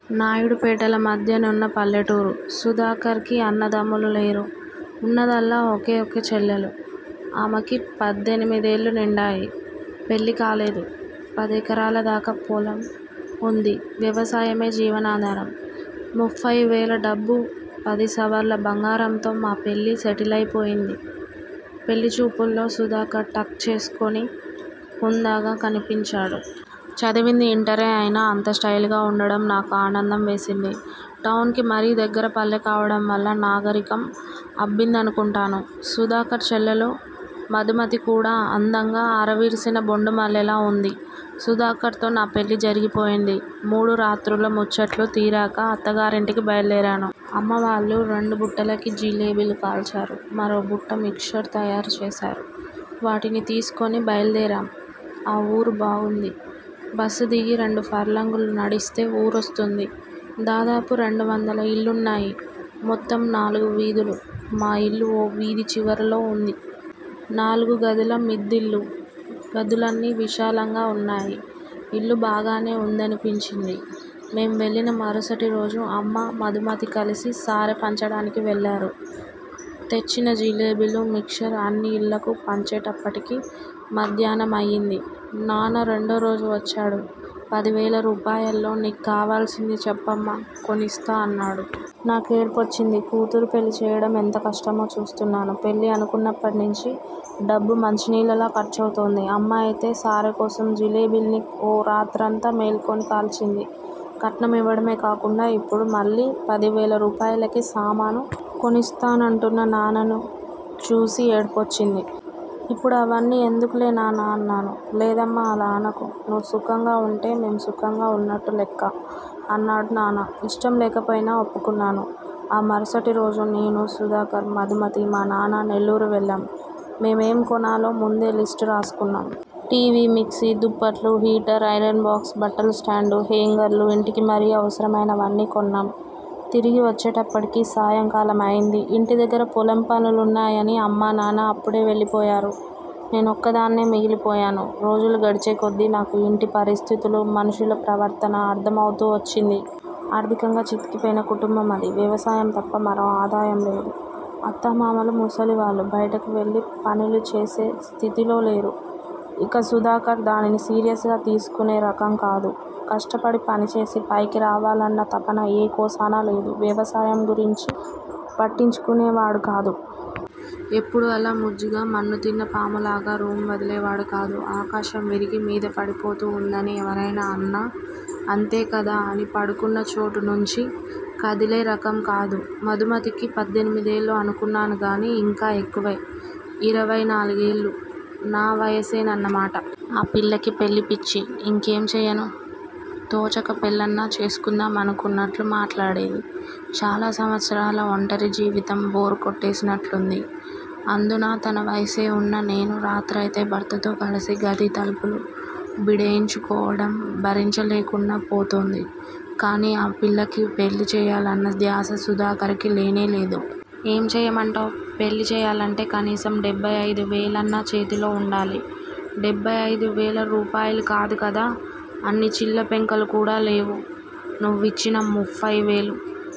నాయుడుపేటల మధ్య నున్న పల్లెటూరు. సుధాకర్ కి అన్నదమ్ములు లేరు, ఉన్నదల్లా ఒకే ఒక చెల్లెలు ఆమెకి పద్దెనిమిదేళ్ళు నిండాయి. పెళ్ళి కాలేదు. పదెకరాలదాకా పొలం వుంది వ్యవసాయమే జీవనాధారం. ముఫ్ఫైవేల డబ్బూ, పదిసవర్ల బంగారంతో మా పెళ్ళి సెటిలైపోయింది. పెళ్ళిచూపుల్లో సుధాకర్ టక్ చేసుకుని హుందాగా కనిపించాడు. చదివింది ఇంటరే అయినా అంత స్టయిల్ గా వుండడం నాకు ఆనందం వేసింది. టౌన్ కి మరీ దగ్గర పల్లెకావడం వల్ల నాగరికం అబ్బిందనుకుంటాను. సుధాకర్ చెల్లెలు మధుమతి కూడా అందంగా, అరవిరిసిన బొండుమల్లెలా వుంది. సుధాకర్ తో నా పెళ్ళి జరిగిపోయింది. మూడు రాత్రుల ముచ్చట్లు తీరాక- అత్తగారింటికి బయల్దేరాను. అమ్మావాళ్ళు రెండు బుట్టలకి జిలేబీలు కాల్చారు. మరో బుట్ట మిక్చర్ తయారు చేశారు. వాటిని తీసుకుని బయల్దేరాం. ఆ ఊరు బావుంది. బస్సు దిగి రెండు ఫర్లాంగులు నడిస్తే ఊరొస్తుంది. దాదాపు రెండువందల ఇళ్ళున్నాయి. మొత్తం నాలుగు వీధులు మా ఇల్లు ఓ వీధి చివరలో వుంది. నాలుగు గదుల మిద్దిల్లు గదులన్నీ విశాలంగా వున్నాయి ఇల్లు బాగానే వుందనిపించింది. మేం వెళ్ళిన మరుసటిరోజు అమ్మ మధుమతి కలిసి సారె పంచడానికి వెళ్ళారు. తెచ్చిన జిలేబీలు, మిక్చర్ అన్ని ఇళ్ళకు పంచేటప్పటికి మధ్యాహ్నం అయింది. నాన్న రెండోరోజు వచ్చాడు. 'పదివేల రూపాయల్లో నీకు కావాల్సింది చెప్పమ్మా కొనిస్తాను' అన్నాడు. నాకు ఏడుపొచ్చింది. కూతురికి పెళ్ళి చేయడం ఎంత కష్టమో చూస్తున్నాను. పెళ్ళి అనుకున్నప్పట్నుంచీ డబ్బు మంచినీళ్ళలా ఖర్చవుతోంది. అమ్మ అయితే సారెకోసం జిలేబీల్ని ఓ రాత్రంతా మేల్కొని కాల్చింది. కట్నం ఇవ్వడమే కాకుండా ఇప్పుడు మళ్ళీ పదివేల రూపాయలకి సామాను కొనిస్తానంటున్న నాన్నను చూసి ఏడుపొచ్చింది. ఇప్పుడు అవన్నీ ఎందుకులే నాన్నా అన్నాను. లేదమ్మా అలా అనకు, నువ్వు సుఖంగా వుంటే మేం సుఖంగా వున్నట్టు లెక్క అన్నాడు నాన్న. ఇష్టం లేకపోయినా ఒప్పుకున్నాను. ఆ మరుసటిరోజు నేనూ, సుధాకర్, మధుమతి, మానాన్న నెల్లూరు వెళ్ళాం. ఏమేం కొనాలో ముందే లిస్టు రాసుకున్నాం. టి. వీ. మిక్సి, దుప్పట్లు, హీటర్, ఐరన్ బాక్స్, బట్టలస్టాండూ, హేంగర్లూ, ఇంటికి మరీ అవసరమైనవన్నీ కొన్నాం తిరిగి వచ్చేటప్పటికి సాయంకాలమైంది. ఇంటి దగ్గర పొలం పనులున్నాయని అమ్మా, నాన్న అప్పుడే వెళ్ళి పోయారు. నేనొక్కదాన్నే మిగిలిపోయాను. రోజులు గడిచేకొద్దీ నాకు ఇంటి పరిస్థితులు, మనుషుల ప్రవర్తన అర్ధం అవుతూ వచ్చింది. ఆర్ధికంగా చితికిపోయిన కుటుంబం అది. వ్యవసాయం తప్ప మరో ఆదాయం లేదు. అత్తామామలు ముసలివాళ్ళు, బయటికెళ్ళి పనులు చేసే స్థితిలో లేరు. ఇక సుధాకర్ దేనినీ సీరియస్ గా తీసుకునే రకం కాదు. కష్టపడి పనిచేసి, పైకి రావాలన్న తపన ఏ కోశానా లేదు. వ్యవసాయం గురించి పట్టించుకునేవాడు కాదు. ఎప్పుడూ అలా మజ్జుగా, మన్ను తిన్న పాములాగా రూమ్ వదిలేవాడు కాదు. ఆకాశం విరిగి మీద పడిపోతూ వుందని ఎవరైనా అన్నా 'అంతేకదా' అని పడుకున్న చోటు నుంచి కదిలే రకం కాదు. మధుమతికి పద్దెనిమిదేళ్ళు అనుకున్నానుగానీ ఇంకా ఎక్కువే. ఇరవై నాలుగేళ్ళు. నా వయసేనన్న మాట. ఆ పిల్లకి పెళ్ళి పిచ్చి. ఇంకేం చేయను తోచక పెళ్ళన్నా చేసుకుందామానుకున్నట్లు మాట్లాడేది. చాలా సంవత్సరాల ఒంటరి జీవితం బోర్ కొట్టేసినట్లుంది. అందునా తన వయసే వున్న నేను రాత్రయితే భర్తతో కలిసి గది తలుపులు బిడేయించేసుకోవడం భరించ లేకుండా పోతోంది. కానీ ఆ పిల్లకి పెళ్ళి చేయాలన్న ధ్యాస సుధాకర్ కి లేనేలేదు. ఏం చేయమంటావ్? పెళ్ళి చేయాలంటే కనీసం డెబ్బై అయిదు వేలన్నా చేతిలో వుండాలి. డెబ్బై అయిదువేల రూపాయలు కాదు కదా అన్ని చిల్లపెంకులు కూడా లేవు. నువ్విచ్చిన ముఫ్ఫైవేలూ